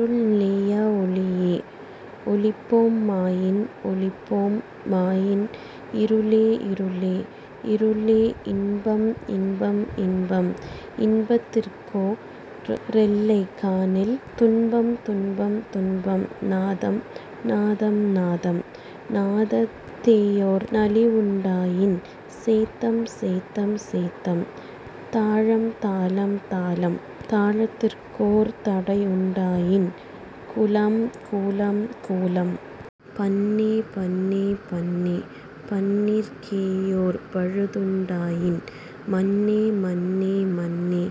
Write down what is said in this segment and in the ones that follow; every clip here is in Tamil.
அருளே யாநல் லொளியே; ஒளிபோ மாயின், ஒளிபோ மாயின், இருளே, இருளே, இருளே.... இன்பம், இன்பம், இன்பம்; இன்பத் திற்கோ ரெல்லை காணில், துன்பம், துன்பம், துன்பம்.... நாதம், நாதம், நாதம்; நாதத் தேயோர் நலிவுண் டாயின், சேதம், சேதம், சேதம்.... தாளம், தாளம், தாளம்; தாளத் திற்கோர் தடையுண் டாயின், கூளம், கூளம், கூளம்.... பண்ணே, பண்ணே, பண்ணே; பண்ணிற் கேயோர் பழுதுண் டாயின். மண்ணே, மண்ணே, மண்ணே....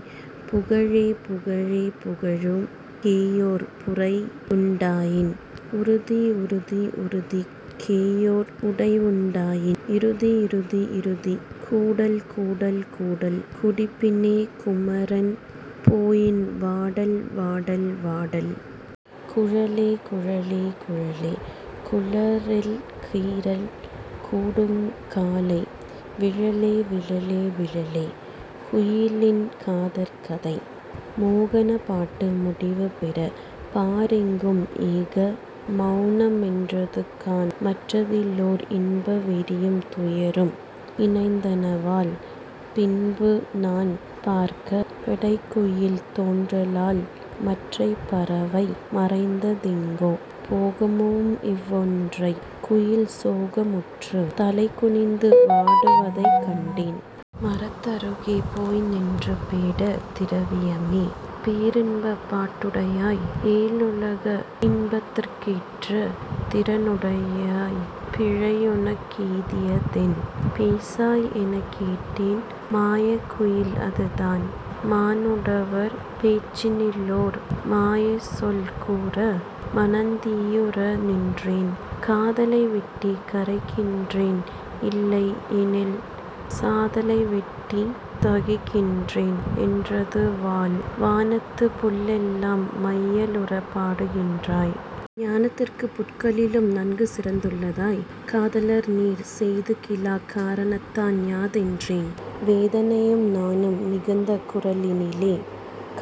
புகழே, புகழே; புகழுக் கேயோர் புரையுண் டாயின், உறுதி, உறுதி; உறுதிக் கேயோர் உடைவுண் டாயின், இறுதி, இறுதி, இறுதி.... கூடல், கூடல், கூடல் கூடிப் பின்னே குமரன் போயின், வாடல், வாடல், வாடல்.... குழலே, குழலே, குழலே; குழலிற் கீறல் கூடுங்காலை, விழலே, விழலே, விழலே..... குயிலின் காதற் கதை மோகனப் பாட்டு முடிவுபெறப் பாரெங்கும் ஏக மவுன மியன்றதுகாண்; மற்றதிலோர் இன்ப வெறியுந் துயரும் இணைந்தனவால். பின்புநான் பார்க்கப் பெடைக்குயிலஃ தொன்றலால் மற்றைப் பறவை மறைந்தெங்கோ போகவுமிவ்... ஒற்றைக் குயில் சோக முற்றுத் தலைகுனிந்து வாடுவது கண்டேன். மரத்தருகே போய்நின்று, ''பேடே! திரவியமே! பேரின்பப் பாட்டுடையாய்! ஏழுலகம் இன்பத்தீ ஏற்றுந் திறனுடையாய்! பீழையுனக் கெய்தியதென்? பேசாய்! '' எனக் கேட்டேன்.... மாயக் குயிலதுதான் மானுடவர் பேச்சினிலோர் மாயச்சொல் கூற மனந் தீயுற நின்றேன். ''காதலை வெண்டிக் கரைகின்றேன், இல்லை யெனில் சாதலை வெண்டிக் தகிக்கின்றேன்'' என்றதுவால், ''வானத்துப் புள்ளெல்லாம் மையலுறப் பாடுகின்றாய்.... ஞானத்திற் புட்களிலும் நன்கு சிறந்துள்ளாய், காதலர்நீ யெய்துகிலாக் காரணந்தான் யா'' தென்றேன். வேதனையும் நாணும் மிகுந்த குரலினிலே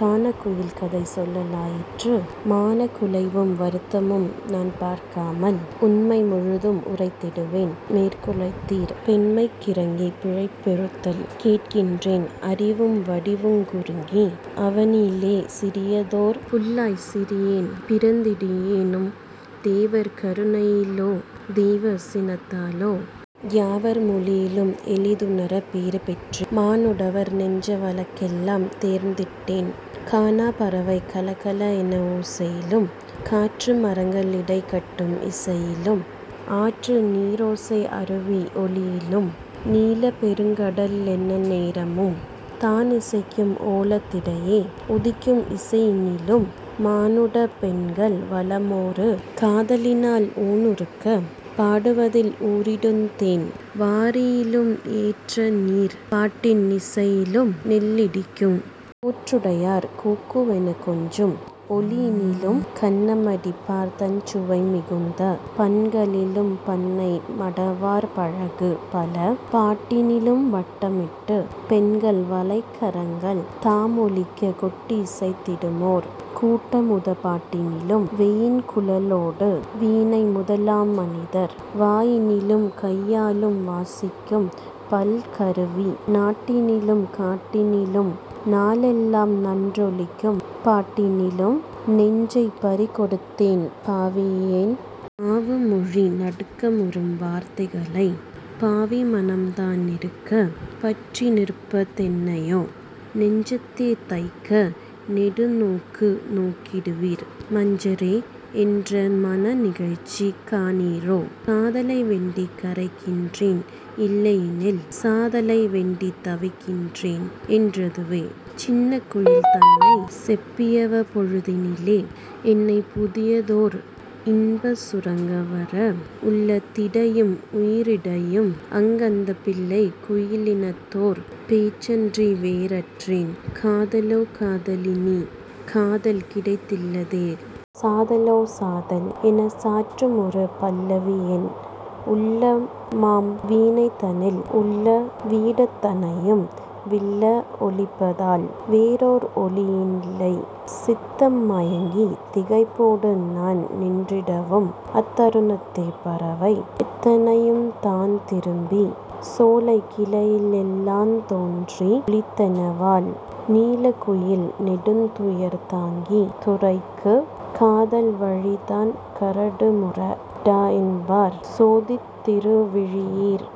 கானக் குயிலிக் கதைசொல்ல லாயிற்று:- ''மானக் குலைவும் வருத்தமுநான் பார்க்காமல்,... உண்மை முழுதும் உரைத்திடுவேன் மேற்குலத்தீர்! பெண்மைக் கிரங்கிப் பிழைபெறுத்தல் கேட்கின்றேன் அறிவும் வடிவுங் குறுகி, அவனியிலே சிறியதொரு புள்ளாய்ச் சிறியேன் பிறந்திடினும், தேவர் கருணையிலோ தெய்வச் சினத்தாலோ... யாவர் மொழியும் எளிதுணரும் பேறு பெற்றேன்; மானுடவர் நெஞ்ச வழக்கெல்லாந் தேர்ந்திட்டேன்: கானாப் பறவை கலகலெனும் ஓசையிலும், காற்று மரங்களிடைக் கட்டும் இசைகளிலும், ஆற்று நீரோசை அருவி யொலியினிலும்,... நீலப் பெருங்கடலெந் நேரமுமே தானிசைக்கும் ஓலத் திடையே உதிக்கும் இசையினிலும், மானுடப் பெண்கள் வளமொரு காதலினால் ஊனுருகப் பாடுவதில் ஊறிடுந்தேன் வாரியிலும், ஏற்றநீர்ப் பாட்டின் இசையினிலும், நெல்லிடிக்குங்... கோற்றொடியார் குக்குவெனக் கொஞ்சும் ஒலியினிலும் கண்ண மிடிப்பார்தஞ் சுவைமிகுந்த பண்களிலும் பண்ணை மடவார் பழகு பல பாட்டினிலும் வட்டமிட்டுப் பெண்கள் வளைக்கரங்கள் தாமொலிக்கக் கொட்டி யிசைத்திடுமோர் கூட்டமுதப் பாட்டினிலும்,... வெயின் குழலோடு வீணைமுதலா மனிதர் வாயினிலுங் கையாலும் வாசிக்கும் பல்கருவி நாட்டினிலுங் காட்டினிலும் நாளெல்லாம் நன்றொலிக்கும் பாட்டினிலும், நெஞ்சைப் பறிகொடுத்தேன் பாவியேன். நாவும் மொழிய நடுக்கமுறும் வார்த்தைகளைப்... பாவிமனந் தானிறுகப் பற்றிநிற்ப தென்னையோ? நெஞ்சத்தே தைக்க நெடுநோக்கு நோக்கிடுவீர். மஞ்சரே, என்றன் மனநிகழ்ச்சி காணீரோ? காதலை வேண்டிக் கரைகின்றேன், இல்லையெனில், சாதலைத் வெண்டித் தவிக்கின்றேன்'' என்றதுவே.... சின்னக் குயிலிதனைச் செப்பியவப் போழ்தினிலே, என்னைப் புதியதோர் இன்பச் சுரங்கவர, உள்ளத் திடையும் உயிரிடையும் ஆங்கந்தப் பிள்ளைக் குயிலினதோர் பேச்சன்றி வேறற்றேன்; ''காதலோ காதலினிக் காதல் கிடைத்தில்லதேல்... சாதலோ சாதல்'' எனச் சாற்றுமொரு பல்லவியென் உள்ளமாம் வீணைதனில், உள்ளவீ டத்தனையும் விள்ள ஒலிப்பதால் வேறொர் ஒலியில்லை. சித்தம் மயங்கித் திகைப்பொடுநான் நின்றிடவும், அத்தருணத் தேபறவை யத்தனையுந் தாந்திரும்பிச்... சோலைக் கிளையிலெலாந் தோன்றி யொலித்தனவால், நீலக் குயில் நெடிதுயிர்த்தாங் கிஃதுரைக்கும், 'காதல் வழிதான் கரடுமுர டாமென்பார்; சோதித் திருவிழியீர்!